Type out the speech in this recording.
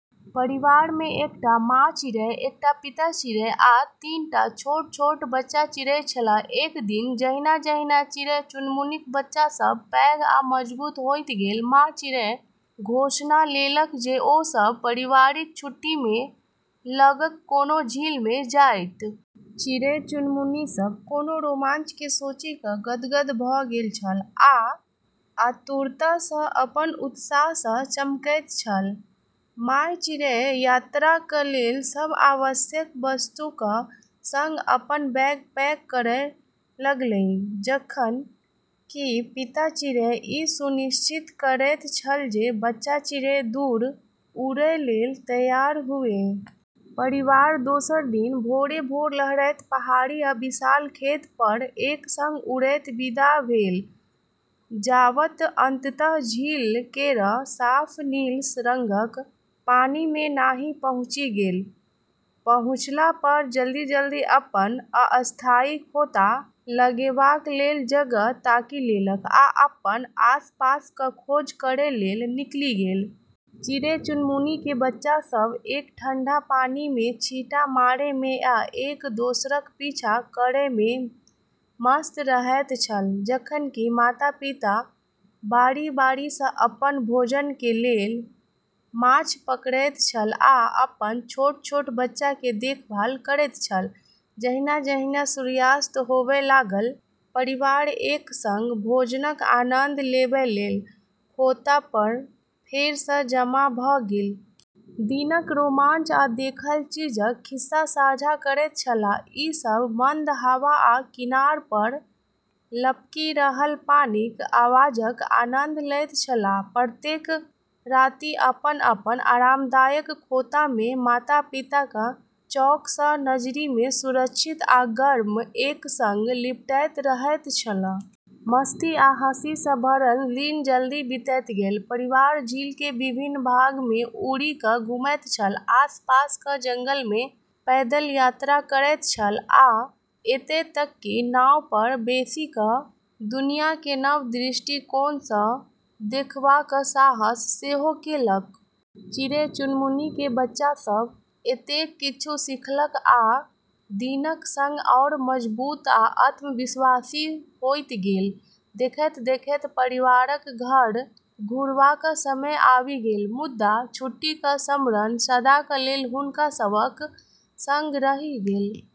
परिवारमे एकटा माँ चिड़ै, एकटा पिता चिड़ै आ तीन टा छोट-छोट बच्चा चिड़ै छल। एक दिन जहिना-जहिना चिड़ै-चुनमुनीक बच्चा सभ पैघ आ मजबूत होइत गेल, माँ चिड़ै घोषणा केलक जे ओ सभ पारिवारिक छुट्टीमे लगक कोनो झीलमे जाइत । चिड़ै-चुनमुनी सभ कोनो रोमांचके सोचि क' गदगद भ' गेल छल आ आतुरतासँ अपन उत्साहसँ चहकैत छल । माय चिड़ै यात्राक लेल सब आवश्यक वस्तुक सङ्ग अपन बैग पैक करय लगलीह, जखन कि पिता चिड़ै ई सुनिश्चित करैत छल जे बच्चा चिड़ै दूर उड़य लेल तैयार हुए । परिवार दोसर दिन भोरे-भोर लहरैत पहाड़ी आ विशाल खेत पर एक सङ्ग उड़ैत विदा भेल जाबत अंततः झील केर साफ नील रंगक पानिमे नहि पहुँचि गेल। पहुँचला पर जल्दी-जल्दी अपन अस्थायी खोता लगेबाक लेल जगह ताकि लेलक आ अपन आसपासक खोज करय लेल निकलि गेल। चिड़ै-चुनमुनीके बच्चा सब ठंडा पानिमे छींटा मारयमे या एक-दोसरक पीछा करयमे मस्त रहैत छल, जखन कि माता-पिता बारी-बारीसँ अपन भोजनके लेल माछ मारैत छल आ अपन छोट-छोट बच्चाके देखभाल करैत छल । जहिना-जहिना सूर्यास्त होबय लागल, परिवार एक सङ्ग भोजनक आनंद लेबय लेल खोता पर फेरसँ जमा भ' गेल । दिनक रोमांच आ देखल चीजक खिस्सा साझा करैत छलाह, ई सब मंद हवा आ किनार पर लपकि रहल पानिक आवाजक आनंद लैत छलाह. प्रत्येक राति अपन-अपन आरामदायक खोतामे, माता-पिताक चौकसँ नजरिमे सुरक्षित आ गर्म, एक सङ्ग लिपटैत रहैत छल। मस्ती आ हँसीसँ भरल दिन जल्दी बीतैत गेल। परिवार झीलके विभिन्न भागमे उड़ि क' घुमैत छल, आसपासक जंगलमे पैदल यात्रा करैत छल, आ एतय तक कि नाव पर बैसि क' दुनियाकेँ नव दृष्टिकोणसँ देखबाक साहस सेहो केलक । चिड़ै-चुनमुनीक बच्चा सभ एतेक किछु सीखलक आ दिनक सङ्ग आओर मजबूत आ आत्मविश्वासी होइत गेल। देखैत-देखैत परिवारक घर घुरबाक समय आबि गेल, मुदा छुट्टीक स्मरण सदाक लेल हुनका सभक सङ्ग रहि गेल ।